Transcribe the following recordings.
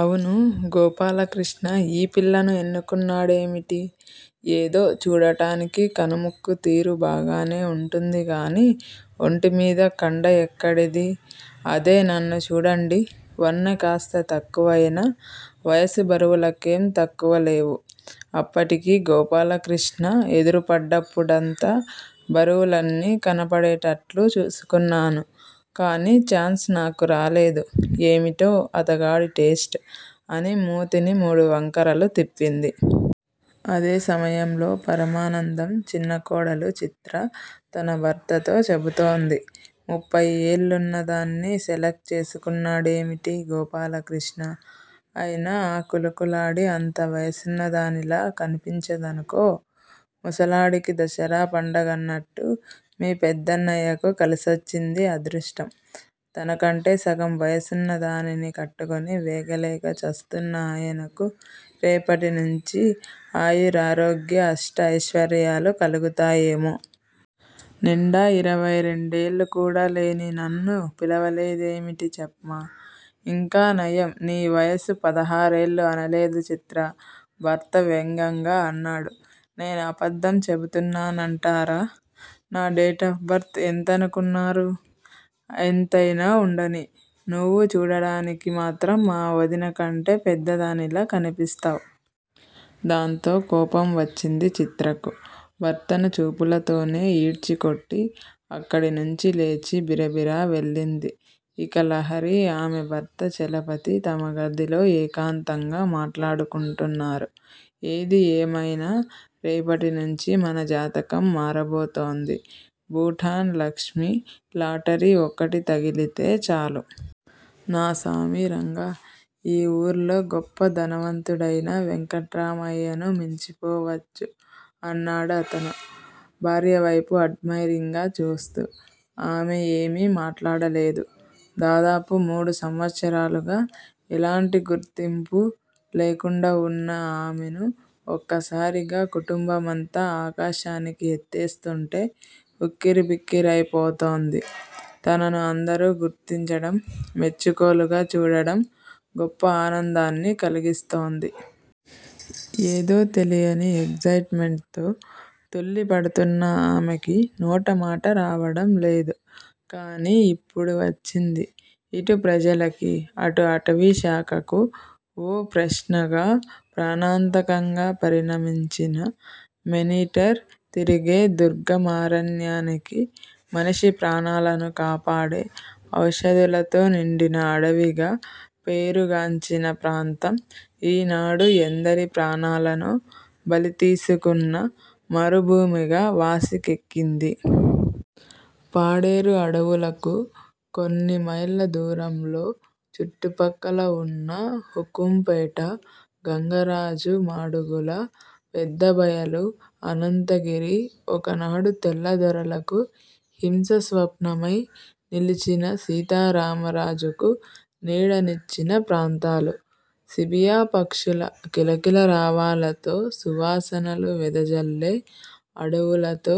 అవునూ గోపాలకృష్ణ ఈ పిల్లను ఎన్నుకున్నాడేమిటి? ఏదో చూడటానికి కనుముక్కు తీరుబాగానే వుంటుందిగానీ ఒంటిమీద కండ ఎక్కడిదీ? అదే నన్ను చూడండీ వన్నె కాస్త తక్కువయినా వయసు బరువులకేం తక్కువలేవు. అప్పటికీ గోపాలకృష్ణ ఎదురుపడ్డప్పుడంతా బరువులన్నీ కనపడేటట్లు చూసుకున్నాను. కానీ ఛాన్స్ నాకు రాలేదు. ఏమిటో అతగాడి టేస్ట్ అని మూతిని మూడు వంకరలు తిప్పింది. అదే సమయంలో పరమానందం చిన్నకోడలు చిత్ర తన భర్తతో చెబుతోంది. ముప్ఫై ఏళ్ళదాన్ని సెలక్ట్ చేసుకున్నాడేమిటి గోపాలకృష్ణ? అయినా ఆ కులుకులాడి అంత వయసున్నదానిలా కనిపించదనుకో. ముసలాడికి దసరా పండగన్నట్టు మీ పెద్దన్నయ్యకు కలిసొచ్చింది అదృష్టం. తనకంటే సగం వయసున్న దానిని కట్టుకుని వేగలేక ఛస్తున్న ఆయనకు రేపటి నుంచి ఆయురారోగ్య అష్ట ఐశ్వర్యాలు కలుగుతాయేమో! నిండా ఇరవై రెండేళ్ళు కూడా లేని నన్ను పిలవలేదేమిటి చెప్మా. ఇంకానయం. నీ వయసు పదహారేళ్ళే అనలేదు చిత్ర భర్త వ్యంగ్యంగా అన్నాడు. నేను అబద్ధం చెబుతున్నానంటారా? నా డేట్ ఆఫ్ బర్త్ ఎంతనుకున్నారు? ఎంతయినా వుండనీ. నువ్వు చూడడానికి మాత్రం మా వదినకంటే పెద్దదానిలా కనిపిస్తావ్. దాంతో కోపం వచ్చింది చిత్రకు. భర్తను చూపులతోనే ఈడ్చికొట్టి అక్కడి నుంచి లేచి బిరబిరా వెళ్ళింది. ఇక లహరి, ఆమె భర్త చలపతి తమ గదిలో ఏకాంతంగా మాట్లాడు కుంటున్నారు. ఏది ఏమైనా రేపటి నుంచీ మన జాతకం మారబోతోంది. భూటాన్ లక్ష్మి లాటరీ ఒక్కటి తగిలితే చాలు. నా సామిరంగా ఈ ఊర్లో గొప్ప ధనవంతుడైన వెంకట్రామయ్యను మించిపోవచ్చు అన్నాడు అతను భార్యవైపు ఆడ్మయిరింగ్ గా చూస్తూ. ఆమె ఏమీ మాట్లాడలేదు. దాదాపు మూడు సంవత్సరాలుగా ఎలాంటి గుర్తింపూ లేకుండా వున్న ఆమెను ఒక్కసారిగా కుటుంబమంతా ఆకాశానికి ఎత్తేస్తుంటే ఉక్కిరిబిక్కిరైపోతోంది. తనను అందరూ గుర్తించడం, మెచ్చుకోలుగా చూడడం గొప్ప ఆనందాన్ని కలిగిస్తోంది. ఏదో తెలియని ఎగ్జయిట్ మెంట్ తో తుళ్ళిపడుతున్న ఆమెకు నోటమాట రావడం లేదు. కాని ఇప్పుడు వచ్చింది ఇటు ప్రజలకి, అటు అటవీశాఖకు వో ప్రశ్నగా, ప్రాణాంతకంగా పరిణమించిన మేనీటర్ తిరిగే దుర్గమారణ్యానికి. మనిషి ప్రాణాలను కాపాడే ఓషదులతో నిండిన అడవిగా పేరుగాంచిన ప్రాంతం ఈనాడు ఎందరి ప్రాణాలనో బలి తీసుకున్న మరుభూమిగా వాసికెక్కింది. పాడేరు అడవులకు కొన్ని మైళ్ళ దూరంలో చుట్టుపక్కల ఉన్న హుకుంపేట, గంగరాజు మాడుగుల, పెదబయలు, అనంతగిరి ఒకనాడు తెల్లదొరలకు సింహస్వప్నమై నిలిచిన సీతారామరాజుకు నీడనిచ్చిన ప్రాంతాలు. సిబియా పక్షుల కిలకిలరావాలతో, సువాసనలు వెదజల్లే అడవిపూలతో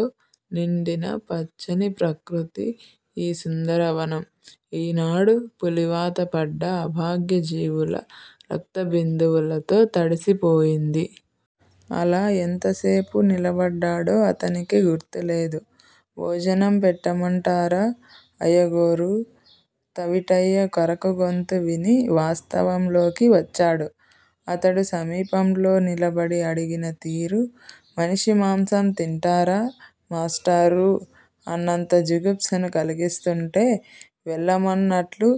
నిండిన పచ్చని ప్రకృతి ఈ సుందరవనం ఈనాడు పులివాత పడ్డ అభాగ్యజీవుల రక్తబిందువులతో తడిసిపోయింది. అలా ఎంతసేపు నిలబడ్డాడో అతనికి గుర్తులేదు. భోజనం పెట్టమంటారా, అయ్యగోరూ! తవిటయ్య కరకు గొంతు విని వాస్తవంలోకి వచ్చాడు. అతడు సమీపంలో నిలబడి అడిగిన తీరు, 'మనిషి మాంసం తింటారా. మాష్టారూ! ' అన్నంత జుగుప్సని కలిగిస్తుంటే వెళ్ళమన్నట్లు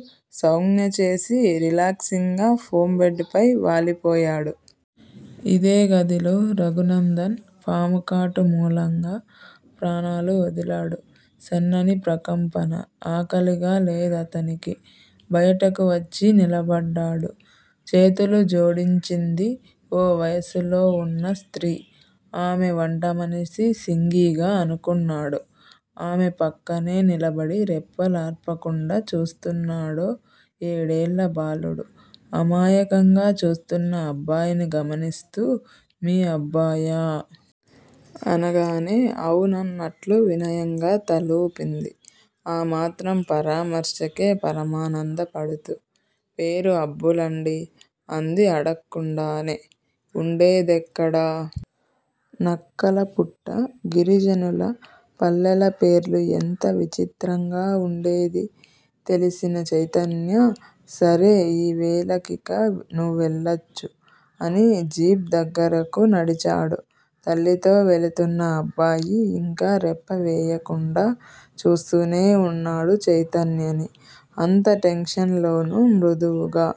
సౌంజ్ఞ చేసి రిలాక్సింగ్ గా ఫోమ్ బెడ్ పై వాలిపోయాడు. ఇదే గదిలో రఘునందన్ పాముకాటు మూలంగా ప్రాణాలు వదిలాడు. సన్నని ప్రకంపన. ఆకలిగా లేదతనికి. బయటకు వచ్చి నిలబడ్డాడు. చేతులు జోడించింది ఓ వయసులోవున్న స్త్రీ. ఆమె వంటమనిషి సింగిగా అనుకున్నాడు. ఆమె పక్కనే నిలబడి రెప్పలార్పకుండా చూస్తున్నాడో ఏడేళ్ళ బాలుడు. అమాయకంగా చూస్తున్న అబ్బాయిని గమనిస్తూ మీ అబ్బాయా? అనగానే అవునన్నట్లు వినయంగా తలూపింది. ఆ మాత్రం పరామర్శకే పరమానందపడుతూ. పేరు అబ్బులండి అంది అడక్కుండానే. ఉండేదెక్కడ? నక్కలపుట్ట గిరిజనుల పల్లెల పేర్లు ఎంత విచిత్రంగా ఉండేదీ తెలిసిన చైతన్య సరే, ఈవేళకిక నువ్వెళ్ళొచ్చు అని జీప్ దగ్గరికి నడిచాడు. తల్లితో వెళుతున్న అబ్బాయి ఇంకా రెప్పవేయకుండా చూస్తూనే ఉన్నాడు చైతన్యని. అంత టెన్షన్ లోనూ మృదువుగా